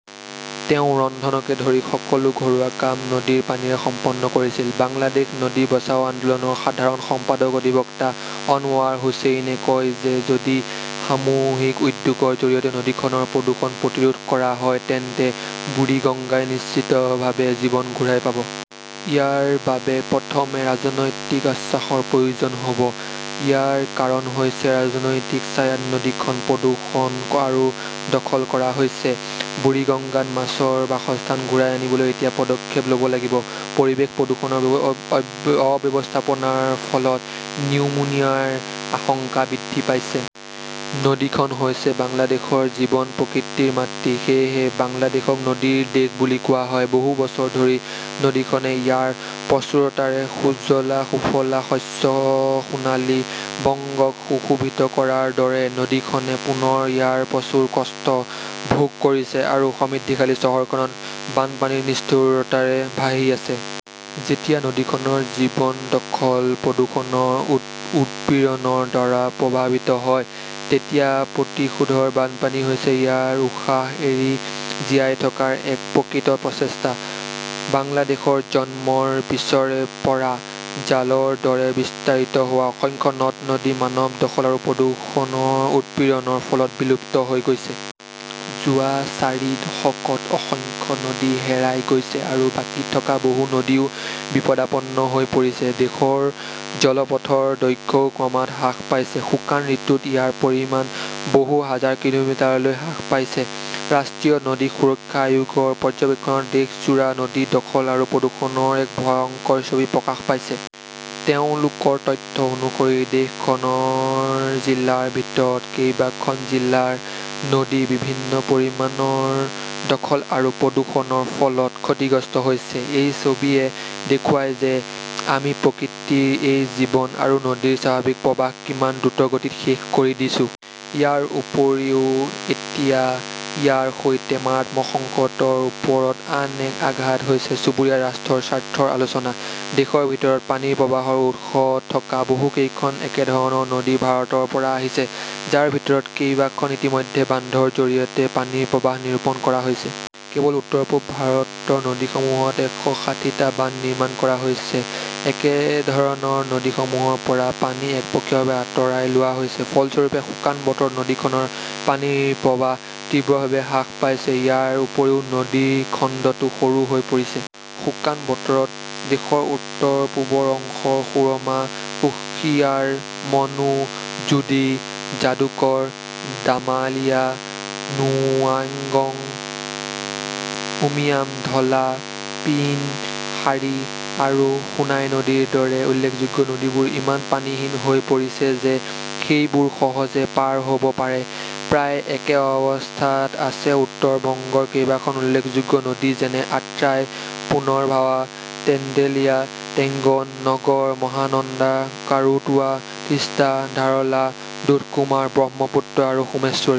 তেওঁ ৰন্ধনকে ধৰি সকলো ঘৰুৱা কাম নদীৰ পানীৰে সম্পন্ন কৰিছিল। বাংলাদেশ নদী বচাও আন্দোলনৰ সাধাৰণ সম্পাদক অধিবক্তা অনৱাৰ হুচেইনে কয় যে যদি সামূহিক উদ্যোগৰ জৰিয়তে নদীখনৰ প্ৰদূষণ প্ৰতিৰোধ কৰা হয় তেন্তে বুৰিগংগাই নিশ্চিতভাৱে জীৱন ঘূৰাই পাব। ইয়াৰ বাবে প্ৰথমে ৰাজনৈতিক আশ্বাসৰ প্ৰয়োজন হ'ব। ইয়াৰ কাৰণ হৈছে ৰাজনৈতিক ছায়াত নদীখন প্ৰদূষণ আৰু দখল কৰা হৈছে। বুৰিগাংগাত মাছৰ বাসস্থান ঘূৰাই আনিবলৈ এতিয়া পদক্ষেপ ল'ব লাগিব। পৰিৱেশ প্ৰদূষণৰ অব্যৱস্থাপনাৰ ফলত নিউমোনিয়াৰ আশংকা বৃদ্ধি পাইছে। নদীখন হৈছে বাংলাদেশৰ জীৱন-প্ৰকৃতিৰ মাতৃ। সেয়েহে বাংলাদেশক নদীৰ দেশ বুলি কোৱা হয়। বহু বছৰ ধৰি নদীখনে ইয়াৰ প্ৰচুৰতাৰে সুজলা-সুফলা শস্য-সোণালী বংগক সুশোভিত কৰাৰ দৰে, নদীখনে পুনৰ ইয়াৰ প্ৰচুৰ কষ্ট ভোগ কৰিছে আৰু সমৃদ্ধিশালী চহৰখনত বানপানীৰ নিষ্ঠুৰতাৰে ভাহি আছে। যেতিয়া নদীখনৰ জীৱন দখল-প্ৰদূষণৰ উৎপীড়নৰ দ্বাৰা প্ৰভাৱিত হয়, তেতিয়া প্ৰতিশোধৰ বানপানী হৈছে ইয়াৰ উশাহ এৰি জীয়াই থকাৰ এক প্ৰকৃত প্ৰচেষ্টা। বাংলাদেশৰ জন্মৰ পিছৰে পৰা জালৰ দৰে বিস্তাৰিত হোৱা অসংখ্য নদ-নদী মানৱ দখল আৰু প্ৰদূষণৰ উৎপীড়নৰ ফলত বিলুপ্ত হৈ গৈছে। যোৱা চাৰি দশকত অসংখ্য নদী হেৰাই গৈছে আৰু বাকী থকা বহু নদীও বিপদাপন্ন হৈ পৰিছে। দেশৰ জলপথৰ দৈৰ্ঘ্যও ক্ৰমাৎ হ্ৰাস পাইছে। শুকান ঋতুত ইয়াৰ পৰিমাণ বহু হাজাৰ কিলোমিটাৰলৈ হ্ৰাস পাইছে। ৰাষ্ট্ৰীয় নদী সুৰক্ষা আয়োগৰ পৰ্যবেক্ষণত দেশজোৰা নদী দখল আৰু প্ৰদূষণৰ এক ভয়ংকৰ ছবি প্ৰকাশ পাইছে। তেওঁলোকৰ তথ্য অনুসৰি, দেশখনৰ জিলাৰ ভিতৰত কেইবাখন জিলাৰ নদী বিভিন্ন পৰিমাণৰ দখল আৰু প্ৰদূষণৰ ফলত ক্ষতিগ্ৰস্ত হৈছে। এই ছবিয়ে দেখুৱায় যে আমি প্ৰকৃতিৰ এই জীৱন আৰু নদীৰ স্বাভাৱিক প্ৰবাহ কিমান দ্ৰুতগতিত শেষ কৰি দিছো। ইয়াৰ উপৰিও, এতিয়া ইয়াৰ সৈতে মাৰাত্মক সংকটৰ ওপৰত আন এক আঘাত হৈছে চুবুৰীয়া ৰাষ্ট্ৰৰ স্বাৰ্থৰ আলোচনা। দেশৰ ভিতৰত পানীৰ প্ৰৱাহৰ উৎস থকা বহু কেইখন একেধৰণৰ নদী ভাৰতৰ পৰা আহিছে, যাৰ ভিতৰত কেইবাখন ইতিমধ্যে বান্ধৰ জৰিয়তে পানীৰ প্ৰৱাহ নিৰূপণ কৰা হৈছে। কেৱল উত্তৰ-পূব ভাৰতৰ নদীসমূহত একশ ষাঠিটা বান্ধ নিৰ্মাণ কৰা হৈছে। একেধৰণৰ নদীসমূহৰ পৰা পানী একপক্ষীয়ভাৱে আঁতৰাই লোৱা হৈছে। ফলস্বৰূপে, শুকান বতৰত নদীখনৰ পানীৰ প্ৰৱাহ তীব্ৰভাৱে হ্ৰাস পাইছে। ইয়াৰ উপৰিও নদী খণ্ডটো সৰু হৈ পৰিছে। শুকান বতৰত, দেশৰ উত্তৰ-পূবৰ অংশৰ সুৰমা, কুশিয়াৰ, মনু, জোডি, যাদুকৰ, দামালিয়া, নোয়াগং, উমিয়াম, ধলা, পিয়িন, শাৰী আৰু সোনাই নদীৰ দৰে উল্লেখযোগ্য নদীবোৰ ইমান পানীহীন হৈ পৰিছে যে সেইবোৰ সহজে পাৰ হ'ব পাৰে। প্ৰায় একে অৱস্থাত আছে উত্তৰ বংগৰ কেইবাখন উল্লেখযোগ্য নদী যেনে আট্ৰাই, পুনৰভাৱা, তেন্তুলিয়া, টেংগন, নগৰ, মহানন্দা, কাৰুতোৱা, তিষ্টা, ধাৰলা, দুধকুমাৰ, ব্ৰহ্মপুত্ৰ আৰু সোমেশ্বৰী।